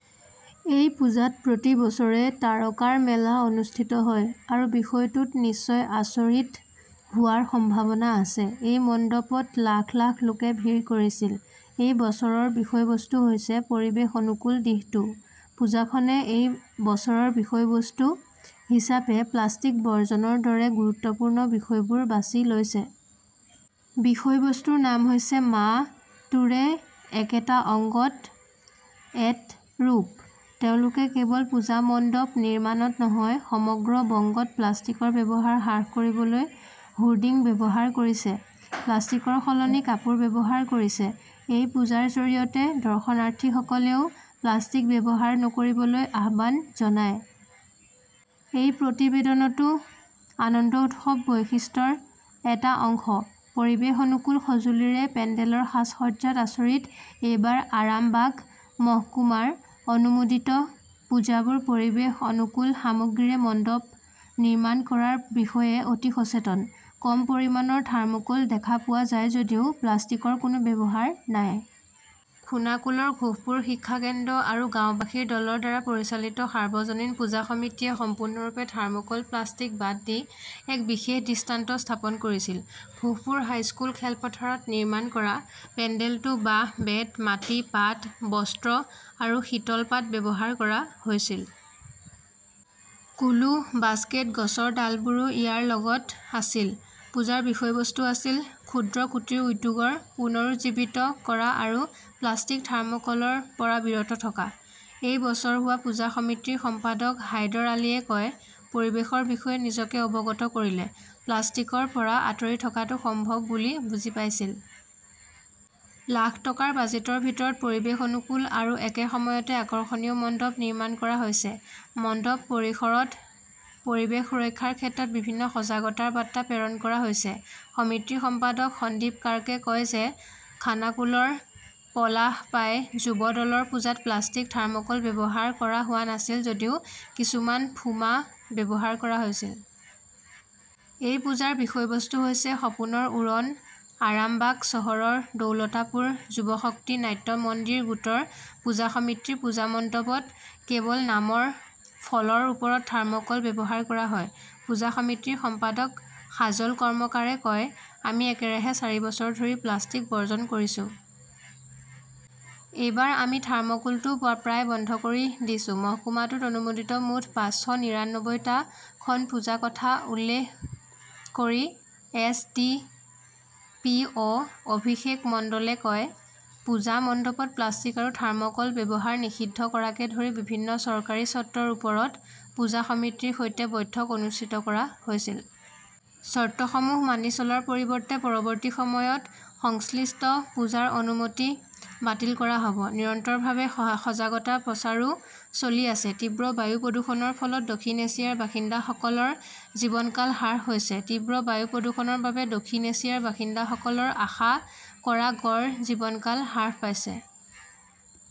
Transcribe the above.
এই পূজাত প্ৰতি বছৰে তাৰকাৰ মেলা অনুষ্ঠিত হয়। আৰু বিষয়টোত নিশ্চয় আচৰিত হোৱাৰ সম্ভাৱনা আছে। এই মণ্ডপত লাখ লাখ লোকে ভিৰ কৰিছিল। এই বছৰৰ বিষয়বস্তু হৈছে পৰিৱেশ-অনুকূল দিশটোও। পূজাখনে এই বছৰৰ বিষয়বস্তু হিচাপে প্লাষ্টিক বৰ্জনৰ দৰে গুৰুত্বপূৰ্ণ বিষয়বোৰ বাছি লৈছে। বিষয়বস্তুৰ নাম হৈছে 'মা তোৰে একেটা অংগত এত ৰূপ'। তেওঁলোকে কেৱল পূজা মণ্ডপ নিৰ্মাণত নহয়, সমগ্ৰ বংগত প্লাষ্টিকৰ ব্যৱহাৰ হ্ৰাস কৰিবলৈ হোৰ্ডিং ব্যৱহাৰ কৰিছে, প্লাষ্টিকৰ সলনি কাপোৰ ব্যৱহাৰ কৰিছে। এই পূজাৰ জৰিয়তে দৰ্শনাৰ্থীসকলেও প্লাষ্টিক ব্যৱহাৰ নকৰিবলৈ আহ্বান জনায়। এই প্ৰতিবেদনটো 'আনন্দ উৎসৱ' বৈশিষ্ট্যৰ এটা অংশ। পৰিৱেশ-অনুকূল সঁজুলিৰে পেণ্ডেলৰ সাজ-সজ্জাত আচৰিত এইবাৰ আৰামবাগ মহকুমাৰ অনুমোদিত পূজাবোৰ পৰিৱেশ অনুকূল সামগ্ৰীৰে মণ্ডপ নিৰ্মাণ কৰাৰ বিষয়ে অতি সচেতন। কম পৰিমাণৰ থাৰ্মোক'ল দেখা পোৱা যায় যদিও প্লাষ্টিকৰ কোনো ব্যৱহাৰ নাই। খোনাকুলৰ ঘোষপুৰ শিক্ষা কেন্দ্ৰ আৰু গাওঁবাসীৰ দলৰ দ্বাৰা পৰিচালিত সাৰ্বজনীন পূজা সমিতিয়ে সম্পূৰ্ণৰূপে থাৰ্মোকল-প্লাষ্টিক বাদ দি এক বিশেষ দৃষ্টান্ত স্থাপন কৰিছিল। ঘোষপুৰ হাইস্কুল খেলপথাৰত নিৰ্মাণ কৰা পেণ্ডেলটো বাঁহ, বেত, মাটি, পাট, বস্ত্ৰ আৰু শীতলপাট ব্যৱহাৰ কৰা হৈছিল। কুলো, বাস্কেট, গছৰ ডালবোৰো ইয়াৰ লগত আছিল। পূজাৰ বিষয়বস্তু আছিল, 'ক্ষুদ্ৰ কুটিৰ উদ্যোগৰ পুনৰুজ্জীৱিত কৰা আৰু প্লাষ্টিক-থাৰ্মোকলৰ পৰা বিৰত থকা'। এই বছৰ হোৱা পূজা সমিতিৰ সম্পাদক হাইদৰ আলীয়ে কয়, "পৰিৱেশৰ বিষয়ে নিজকে অৱগত কৰিলে প্লাষ্টিকৰ পৰা আঁতৰি থকাটো সম্ভৱ বুলি বুজি পাইছিল। লাখ টকাৰ বাজেটৰ ভিতৰত পৰিৱেশ-অনুকূল আৰু একে সময়তে আকৰ্ষণীয় মণ্ডপ নিৰ্মাণ কৰা হৈছে।" মণ্ডপ পৰিসৰত পৰিৱেশ সুৰক্ষাৰ ক্ষেত্ৰত বিভিন্ন সজাগতাৰ বাৰ্তা প্ৰেৰণ কৰা হৈছে। সমিতিৰ সম্পাদক সন্দীপ কাৰ্কে কয় যে খানাকুলৰ পলাশপাই যুৱ দলৰ পূজাত প্লাষ্টিক, থাৰ্মোকল ব্যৱহাৰ কৰা হোৱা নাছিল যদিও কিছুমান ফোমা ব্যৱহাৰ কৰা হৈছিল। এই পূজাৰ বিষয়বস্তু হৈছে 'সপোনৰ উৰণ'। আৰামবাগ চহৰৰ দৌলতাপুৰ যুৱশক্তি নাট্য মন্দিৰ গোটৰ পূজা সমিতিৰ পূজা মণ্ডপত কেৱল নামৰ ফলৰ ওপৰত থাৰ্মোক'ল ব্যৱহাৰ কৰা হয়। পূজা সমিতিৰ সম্পাদক সাজল কৰ্মকাৰে কয়, "আমি একেৰাহে চাৰি বছৰ ধৰি প্লাষ্টিক বৰ্জন কৰিছো। এইবাৰ আমি থাৰ্মোকোলটোও প্ৰায় বন্ধ কৰি দিছো। মহকুমাটোত অনুমোদিত মুঠ পাঁচশ নিৰানব্বৈটা খন পূজাৰ কথা উল্লেখ কৰি এছ.ডি.পি.অ'. অভিষেক মণ্ডলে কয়, পূজা মণ্ডপত প্লাষ্টিক আৰু থাৰ্ম'কল ব্যৱহাৰ নিষিদ্ধ কৰাকে ধৰি বিভিন্ন চৰকাৰী চৰ্তৰ ওপৰত পূজা সমিতিৰ সৈতে বৈঠক অনুষ্ঠিত কৰা হৈছিল। চৰ্তসমূহ মানি চলাৰ পৰিৱৰ্তে পৰৱৰ্তী সময়ত সংশ্লিষ্ট পূজাৰ অনুমতি বাতিল কৰা হ'ব। নিৰন্তৰভাৱে সজাগতা প্ৰচাৰো চলি আছে। তীব্ৰ বায়ু প্ৰদূষণৰ ফলত দক্ষিণ এছিয়াৰ বাসিন্দাসকলৰ 'জীৱনকাল হ্ৰাস' হৈছে তীব্ৰ বায়ু প্ৰদূষণৰ বাবে দক্ষিণ এছিয়াৰ বাসিন্দাসকলৰ আশা কৰা গড় জীৱনকাল হ্ৰাস পাইছে।